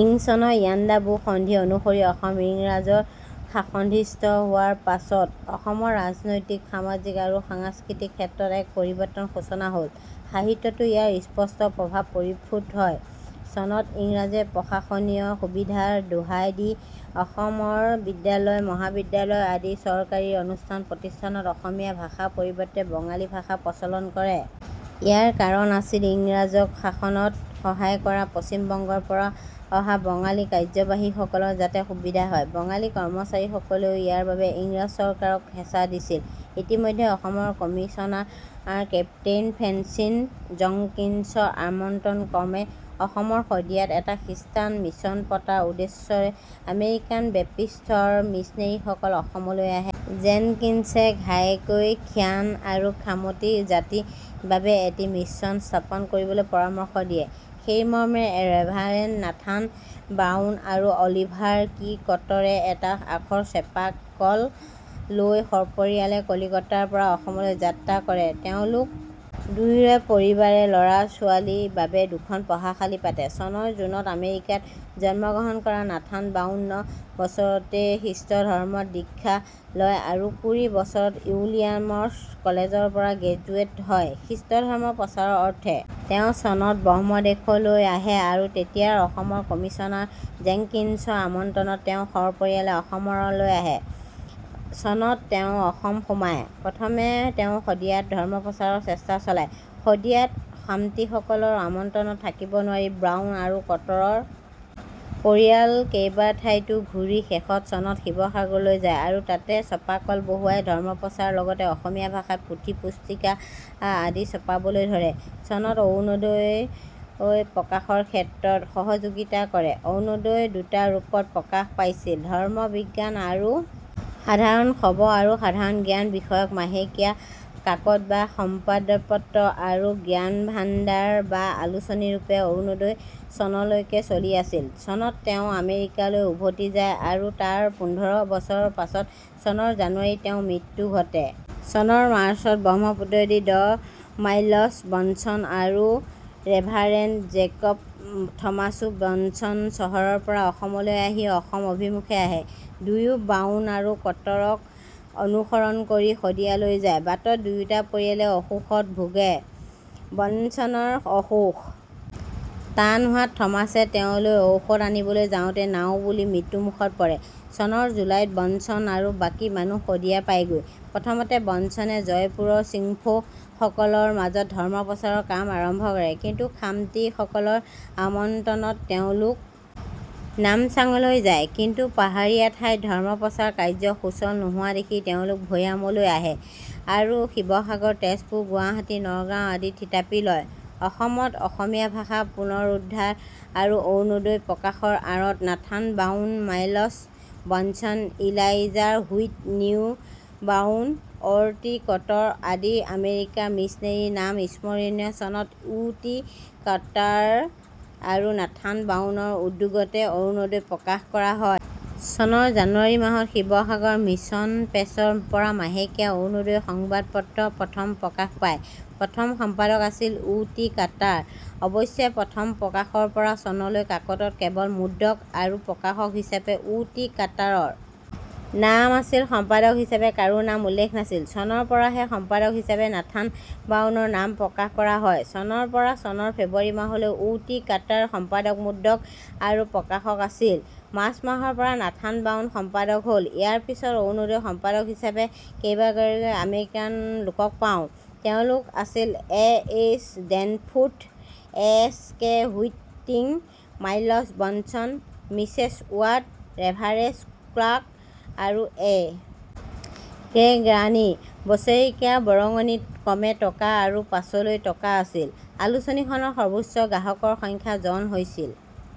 ইং চনৰ ইয়াণ্ডাবু সন্ধি অনুসৰি অসম ইংৰাজৰ শাসনাধীস্থ হোৱাৰ পাছত অসমৰ ৰাজনৈতিক সামাজিক আৰু সাংস্কৃতিক ক্ষেত্ৰত এক পৰিবৰ্তনৰ সূচনা হ'ল। সাহিত্যতো ইয়াৰ স্পষ্ট প্ৰভাৱ পৰিস্ফুট হয়। চনত ইংৰাজে প্ৰশাসনীয় সুবিধাৰ দোহাই দি অসমৰ বিদ্যালয়-মহাবিদ্যালয় আদি চৰকাৰী অনুষ্ঠান-প্ৰতিষ্ঠানত অসমীয়া ভাষাৰ পৰিবৰ্তে বঙালী ভাষা প্ৰচলন কৰে। ইয়াৰ কাৰণ আছিল ইংৰাজক শাসনত সহায় কৰা, পশ্চিমবংগ ৰ পৰা অহা বঙালী কাৰ্যবাহীসকলৰ যাতে সুবিধা হয়। বঙালী কৰ্মচাৰীসকলেও ইয়াৰ বাবে ইংৰাজ চৰকাৰক হেঁচা দিছিল। ইতিমধ্যে অসমৰ কমিছনাৰ কেপ্তেইন ফ্ৰেন্সিছ জনকিন্সৰ আমন্ত্ৰণ ক্ৰমে অসমৰ শদিয়াত এটা খ্ৰীষ্টান মিছন পতাৰ উদ্দেশ্যেৰে আমেৰিকান বেপ্টিষ্টৰ মিছনেৰীসকল অসমলৈ আহে। জেনকিন্সে ঘাইকৈ শ্যান আৰু খামতি জাতিৰ বাবে এটি মিশ্যন স্থাপন কৰিবলৈ পৰামৰ্শ দিয়ে৷ সেইমৰ্মে, ৰেভাৰেণ্ড নাথান ব্ৰাউন আৰু অলিভাৰ টি কট্টৰে এটা "আখৰ চেপা কল'' লৈ সপৰিয়ালে কলিকতাৰ পৰা অসমলৈ যাত্ৰা কৰে৷ তেওঁলোক দুয়োৰে পৰিবাৰে ল'ৰাৰ আৰু ছোৱালীৰ বাবে দুখন পঢ়াশালি পাতে৷ চনৰ জুনত আমেৰিকাত জন্মগ্ৰহণ কৰা নাথান ব্ৰাউন ন বছৰতে খ্ৰীষ্ট ধৰ্মত দীক্ষা লয় আৰু কুৰি বছৰত "উইলিয়ামচ্ কলেজ'ৰ পৰা গ্ৰেজুৱেট হয়৷ খ্ৰীষ্টধৰ্ম প্ৰচাৰৰ অৰ্থে তেওঁ চনত ব্ৰহ্মদেশলৈ আহে আৰু তেতিয়াৰ অসমৰ কমিচনাৰ জেনকিন্সৰ আমন্ত্ৰণত তেওঁ সপৰিয়ালে অসমলৈ আহে৷ চনত তেওঁ অসম সোমায়৷ প্ৰথমে তেওঁ শদিয়াত ধৰ্ম প্ৰচাৰৰ চেষ্টা চলায়৷ শদিয়াত খামতিসকলৰ আমন্ত্ৰণত থাকিব নোৱাৰি ব্ৰাউন আৰু কট্টৰৰ পৰিয়াল কেইবাঠাইতো ঘূৰি শেষত চনত শিৱসাগৰলৈ যায় আৰু তাতে ছপাকল বহুৱাই ধৰ্মপ্ৰচাৰৰ লগতে অসমীয়া ভাষাত পুথি-পুস্তিকা আদি ছপাবলৈ ধৰে৷ চনত অৰুনোদই প্ৰকাশৰ ক্ষেত্ৰত সহযোগিতা কৰে৷ অৰুনোদই দুটা ৰূপত প্ৰকাশ পাইছিল৷ ধৰ্ম, বিজ্ঞান আৰু সাধাৰণ খবৰ আৰু সাধাৰণ জ্ঞান বিষয়ক মাহেকীয়া কাকত বা সম্বাদপত্ৰ আৰু জ্ঞান-ভাণ্ডাৰ বা আলোচনীৰূপে অৰুনোদই চনলৈকে চলি আছিল৷ চনত তেওঁ আমেৰিকালৈ উভতি যায় আৰু তাৰ পোন্ধৰ বছৰৰ পাছত চনৰ জানুৱাৰীত তেওঁৰ মৃত্যু ঘটে৷ চনৰ মাৰ্চত ব্ৰহ্মপুত্ৰইদি ড মাইলছ্ ব্ৰন্সন আৰু ৰেভাৰেণ্ড জেকব থমাছো বষ্টন চহৰৰ পৰা অসমলৈ আহি অসম অভিমুখে আহে৷ দুয়ো ব্ৰাউন আৰু কট্টৰক অনুসৰণ কৰি শদিয়ালৈ যায়৷ বাটত দুয়োটা পৰিয়ালে অসুখত ভোগে৷ ব্ৰনছনৰ অসুখ টান হোৱাত থমাছে তেওঁলৈ ঔষধ আনিবলৈ যাওঁতে নাও বুৰি মৃত্যুমুখত পৰে৷ চনৰ জুলাইত ব্ৰনছন আৰু বাকী মানুহ শদিয়া পায়গৈ৷ প্ৰথমতে ব্ৰনছনে জয়পুৰৰ চিংফৌ সকলৰ মাজত ধৰ্মপ্ৰচাৰৰ কাম আৰম্ভ কৰে৷ কিন্তু "খামতি''সকলৰ আমন্ত্ৰণত তেওঁলোক নামচাঙলৈ যায়৷ কিন্তু পাহাৰীয়া ঠাইত ধৰ্মপ্ৰচাৰ কাৰ্য সুচল নোহোৱা দেখি তেওঁলোক ভৈয়ামলৈ আহে আৰু শিৱসাগৰ, তেজপুৰ, গুৱাহাটী, নগাঁও আদিত থিতাপি লয়৷ অসমত অসমীয়া ভাষা পুনৰুদ্ধাৰ আৰু অৰুনোদইৰ প্ৰকাশৰ আঁৰত Nathan Brown, Miles Bronson, Eliza Whitney Brown, O' T Cutter আদি আমেৰিকান মিশ্যনেৰীৰ নাম স্মৰণীয়৷ চনত ও, টি, কাট্টাৰ আৰু নাথান ব্ৰাউনৰ উদ্যোগতে 'অৰুনোদই' প্ৰকাশ কৰা হয়। চনৰ জানুৱাৰী মাহত শিৱসাগৰ ৰ মিছন প্ৰে'ছৰ পৰা মাহেকীয়া 'অৰুনোদই সংবাদ পত্ৰ' প্ৰথম প্ৰকাশ পায়। প্ৰথম সম্পাদক আছিল ও, টি কাট্টাৰ। অৱশ্যে প্ৰথম প্ৰকাশৰ পৰা চনলৈ কাকতত কেৱল মুদ্ৰক আৰু প্ৰকাশক হিচাপে ও, টি কাট্টাৰৰ নাম আছিল৷ সম্পাদক হিচাপে কাৰো নাম উল্লেখ নাছিল৷ চনৰ পৰাহে সম্পাদক হিচাপে নাথান ব্ৰাউনৰ নাম প্ৰকাশ কৰা হয়৷ চনৰ পৰা চনৰ ফেব্ৰুৱাৰী মাহলৈ ও, টি, কাট্টাৰ সম্পাদক, মুদ্ৰক আৰু প্ৰকাশক আছিল৷ মাৰ্চ মাহৰ পৰা নাথান ব্ৰাউন সম্পাদক হ'ল৷ ইয়াৰ পিছত অৰুনোদইৰ সম্পাদক হিচাপে কেইবাগৰাকী আমেৰিকান লোকক পাওঁ৷ তেওলোক আছিল, A, H, Danforth, S, K, Whiting, Miles Bronson, Mrs Ward, ৰেভাৰেচ ক্লাৰ্ক আৰু এ. কে. গাৰ্নি। বছৰেকীয়া বৰঙনি ক্ৰমে টকা আৰু পাছলৈ টকা আছিল। আলোচনীখনৰ সৰ্বোচ্চ গ্ৰাহকৰ সংখ্যা জন হৈছিল।